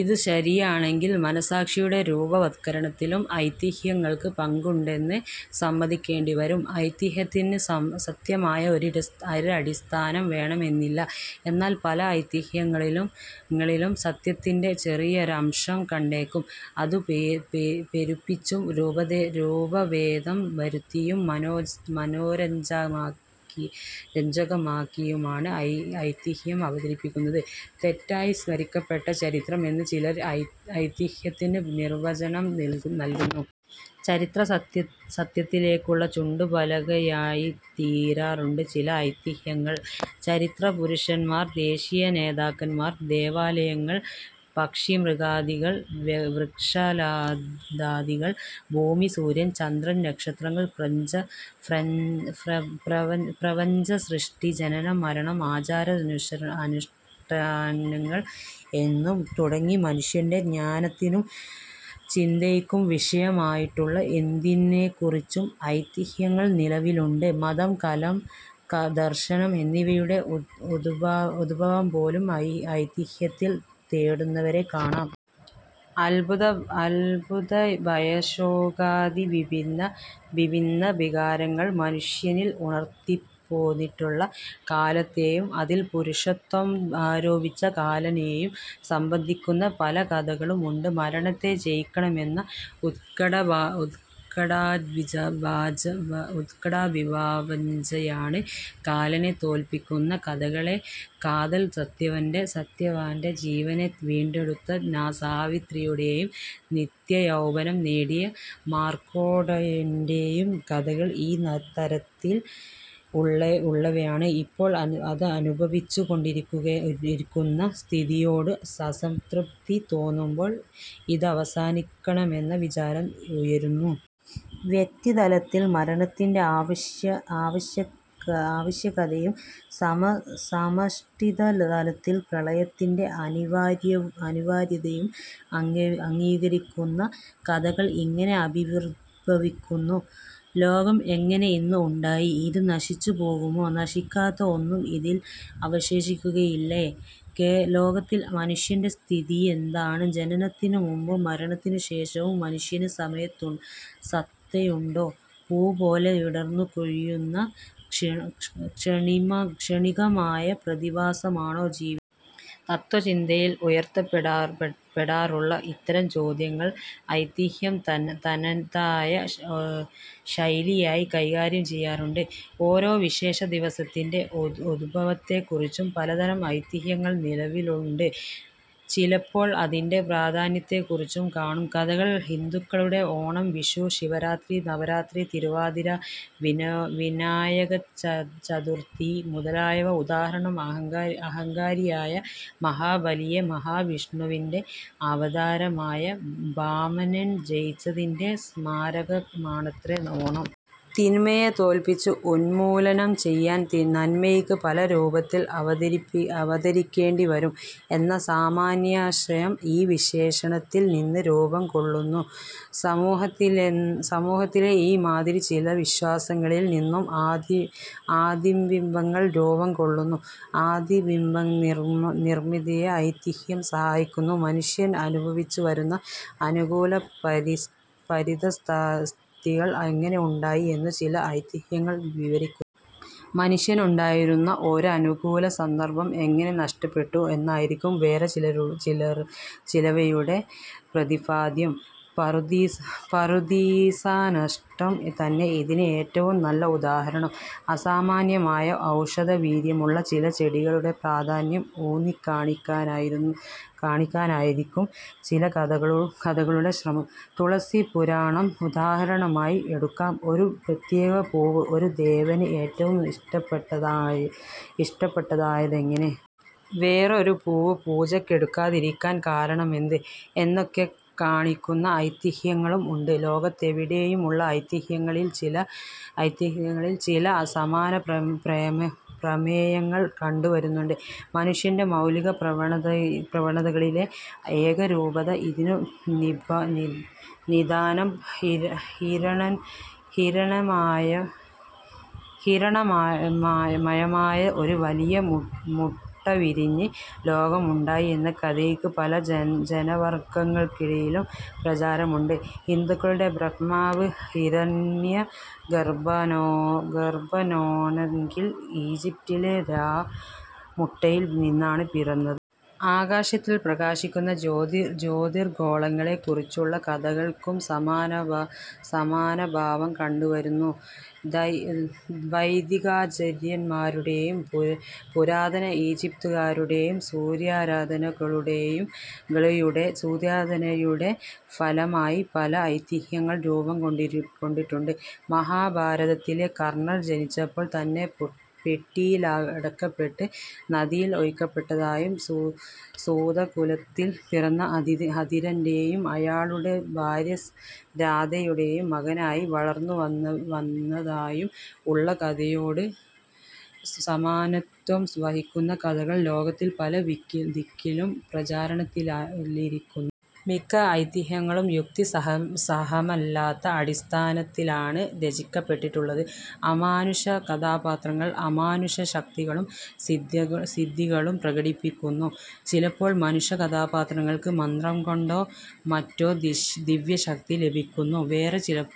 ഇതു ശരിയാണെങ്കിൽ മനസാക്ഷിയുടെ രൂപവത്കരണത്തിലും ഐതിഹ്യങ്ങൾക്ക് പങ്കുണ്ടെന്നു സമ്മതിക്കേണ്ടി വരും. ഐതിഹ്യത്തിന് സത്യമായ ഒരടിസ്ഥാനം വേണമെന്നില്ല; എന്നാൽ പല ഐതിഹ്യങ്ങളിലും സത്യത്തിന്റെ ചെറിയൊരംശം കണ്ടേക്കും. അതു പെരുപ്പിച്ചും രൂപഭേദം വരുത്തിയും മനോരഞ്ചകമാക്കിയുമാണ് ഐതിഹ്യം അവതരിപ്പിക്കുന്നത്, തെറ്റായി സ്മരിക്കപ്പെട്ട ചരിത്രം എന്ന് ചിലര് ഐതിഹ്യത്തിനു നിർവചനം നൽകുന്നു. ചരിത്രസത്യത്തിലേക്കുള്ള ചൂണ്ടുപലകയായിത്തീരാറുണ്ട് ചില ഐതിഹ്യങ്ങൾ. ചരിത്രപുരുഷന്മാർ, ദേശീയ നേതാക്കന്മാർ, ദേവാലയങ്ങൾ, പക്ഷിമൃഗാദികൾ, വൃക്ഷലതാദികൾ, ഭൂമി, സൂര്യൻ, ചന്ദ്രൻ, നക്ഷത്രങ്ങൾ, പ്രപഞ്ചസൃഷ്ടി, ജനനം, മരണം, ആചാരാനുഷ്ഠാനങ്ങൾ എന്നു തുടങ്ങി മനുഷ്യന്റെ ജ്ഞാനത്തിനും ചിന്തയ്ക്കും വിഷയമായിട്ടുള്ള എന്തിനെക്കുറിച്ചും ഐതിഹ്യങ്ങൾ നിലവിലുണ്ട്. മതം, കല, ദർശനം എന്നിവയുടെ ഉദ്ഭവംപോലും ഐതിഹ്യത്തിൽ തേടുന്നവരെ കാണാം. അത്ഭുതഭയശോകാദി വിഭിന്ന വികാരങ്ങൾ മനുഷ്യനിൽ ഉണർത്തിപ്പോന്നിട്ടുള്ള കാലത്തെയും അതിൽ പുരുഷത്വം ആരോപിച്ച കാലനേയും സംബന്ധിക്കുന്ന പല കഥകളും ഉണ്ട്. മരണത്തെ ജയിക്കണമെന്ന ഉത്ക്കടാഭിവാഞ്ചയാണ് കാലനെ തോല്പിക്കുന്ന കഥകളുടെ കാതൽ. സത്യവാന്റെ ജീവനെ വീണ്ടെടുത്ത സാവിത്രിയുടെയും നിത്യയൗവനം നേടിയ മാർക്കണ്ഡേയന്റെയും കഥകള് ഈ തരത്തിൽ ഉള്ളവയാണ്. ഇപ്പോൾ അനുഭവിച്ചു കൊണ്ടിരിക്കുന്ന സ്ഥിതിയോട് അസംതൃപ്തി തോന്നുമ്പോൾ ഇതവസാനിക്കണമെന്ന വിചാരം ഉയരുന്നു. വ്യക്തിതലത്തിൽ മരണത്തിന്റെ ആവശ്യകതയും സമഷ്ടിതലത്തിൽ പ്രളയത്തിന്റെ അനിവാര്യതയും അംഗീകരിക്കുന്ന കഥകൾ ഇങ്ങനെ ആവിർഭവിക്കുന്നു. ലോകം എങ്ങനെ, എന്ന്, ഉണ്ടായി? ഇതു നശിച്ചുപോകുമോ? നശിക്കാത്ത ഒന്നും ഇതിൽ അവശേഷിക്കയില്ലേ? ലോകത്തിൽ മനുഷ്യന്റെ സ്ഥിതിയെന്താണ്? ജനനത്തിനു മുമ്പും മരണത്തിനു ശേഷവും മനുഷ്യനു സത്തയുണ്ടോ? പൂപോലെ വിടർന്നു കൊഴിയുന്ന ക്ഷണികമായ പ്രതിഭാസമാണോ ജീവിതം? തത്ത്വചിന്തയിൽ ഉയർത്തപ്പെടാറുള്ള ഇത്തരം ചോദ്യങ്ങൾ ഐതിഹ്യം തനതായ ശൈലിയി കൈകാര്യം ചെയ്യാറുണ്ട്. ഓരോ വിശേഷ ദിവസത്തിന്റെ ഉദ്ഭവത്തെക്കുറിച്ചും പലതരം ഐതിഹ്യങ്ങൾ നിലവിലുണ്ട്. ചിലപ്പോൾ അതിന്റെ പ്രാധാന്യത്തെക്കുറിച്ചും കാണും കഥകൾ. ഹിന്ദുക്കളുടെ ഓണം, വിഷു, ശിവരാത്രി, നവരാത്രി, തിരുവാതിര, വിനായകചതുർത്ഥി മുതലായവ ഉദാഹരണം. അഹങ്കാരിയായ മഹാബലിയെ മഹാവിഷ്ണുവിന്റെ അവതാരമായ വാമനൻ ജയിച്ചതിന്റെ സ്മാരകമാണത്രേ ഓണം. തിന്മയെ തോല്പിച്ച് ഉന്മൂലനം ചെയ്യാൻ നന്മയ്ക്ക് പല രൂപത്തിൽ അവതരിക്കേണ്ടിവരും എന്ന സാമാന്യാശയം ഈ വിശേഷണത്തിൽ നിന്ന് രൂപം കൊള്ളുന്നു. സമൂഹത്തിലെ ഈ മാതിരി ചില വിശ്വാസങ്ങളിൽ നിന്നും ആദിബിംബങ്ങൾ രൂപം കൊള്ളുന്നു; ആദിബിംബനിർമിതിയെ ഐതിഹ്യം സഹായിക്കുന്നു. മനുഷ്യൻ അനുഭവിച്ചുവരുന്ന അനുകൂല പരിതഃസ്ഥികൾ എങ്ങനെ ഉണ്ടായി എന്നു ചില ഐതിഹ്യങ്ങൾ വിവരിക്കുന്നു. മനുഷ്യനുണ്ടായിരുന്ന ഒരനുകൂല സന്ദർഭം എങ്ങനെ നഷ്ടപ്പെട്ടു എന്നായിരിക്കും വേറെ ചിലവയുടെ പ്രതിപാദ്യം. പറുദീസാനഷ്ടം തന്നെ ഇതിന് ഏറ്റവും നല്ല ഉദാഹരണം. അസാമാന്യമായ ഔഷധവീര്യമുള്ള ചില ചെടികളുടെ പ്രാധാന്യം ഊന്നിക്കാണിക്കാനായിരിക്കും ചില കഥകളുടെ ശ്രമം. തുളസിപുരാണം ഉദാഹരണമായി എടുക്കാം. ഒരു പ്രത്യേക പൂവ് ഒരു ദേവന് ഏറ്റവും ഇഷ്ടപ്പെട്ടതായതെങ്ങനെ? വേറൊരു പൂവ് പൂജക്കെടുക്കാതിരിക്കാൻ കാരണമെന്ത്? എന്നൊക്കെ കാണിക്കുന്ന ഐതിഹ്യങ്ങളും ഉണ്ട്. ലോകത്തെവിടെയും ഉള്ള ഐതിഹ്യങ്ങളിൽ ചില സമാനപ്രമേയങ്ങൾ കണ്ടുവരുന്നുണ്ട്. മനുഷ്യന്റെ മൗലിക പ്രവണതകളിലെ ഏകരൂപത ഇതിനു നിദാനം. ഹിരണ്മയമായ ഒരു വലിയ മുട്ടവിരിഞ്ഞ് ലോകം ഉണ്ടായി എന്ന കഥയ്ക്ക് പല ജനവർഗ്ഗങ്ങൾക്കിടയിലും പ്രചാരമുണ്ട്. ഹിന്ദുക്കളുടെ ബ്രഹ്മാവ് ഹിരണ്യഗർഭനാണെങ്കിൽ ഈജിപ്റ്റിലെ രാ മുട്ടയിൽ നിന്നാണ് പിറന്നത്. ആകാശത്തിൽ പ്രകാശിക്കുന്ന ജ്യോതിർഗോളങ്ങളെക്കുറിച്ചുള്ള കഥകൾക്കും സമാനഭാവം കണ്ടുവരുന്നു. വൈദികാചാര്യന്മാരുടെയും പുരാതന ഈജിപ്തുകാരുടെയും സൂര്യാരാധനയുടെ ഫലമായി പല ഐതിഹ്യങ്ങൾ രൂപംകൊണ്ടിട്ടുണ്ട്. മഹാഭാരതത്തിലെ കർണൻ ജനിച്ചപ്പോൾ തന്നെ പെട്ടിയിലടക്കപ്പെട്ട് നദിയിൽ ഒഴുക്കപ്പെട്ടതായും സൂതകുലത്തിൽ പിറന്ന അതിരഥന്റെയും അയാളുടെ ഭാര്യ രാധയുടെയും മകനായി വളർന്നുവന്നതായും ഉള്ള കഥയോട് സമാനത്വം വഹിക്കുന്ന കഥകൾ ലോകത്തിൽ പല ദിക്കിലും പ്രചാരത്തിലിരിക്കുന്നു. മിക്ക ഐതിഹ്യങ്ങളും യുക്തിസഹമല്ലാത്ത അടിസ്ഥാനത്തിലാണ് രചിക്കപ്പെട്ടിട്ടുള്ളത്; അമാനുഷ കഥാപാത്രങ്ങൾ അമാനുഷ ശക്തികളും സിദ്ധികളും പ്രകടിപ്പിക്കുന്നു. ചിലപ്പോൾ മനുഷ കഥാപാത്രങ്ങൾക്ക് മന്ത്രംകൊണ്ടോ മറ്റോ ദിവ്യശക്തി ലഭിക്കുന്നു. വേറേ ചിലപ്പോൾ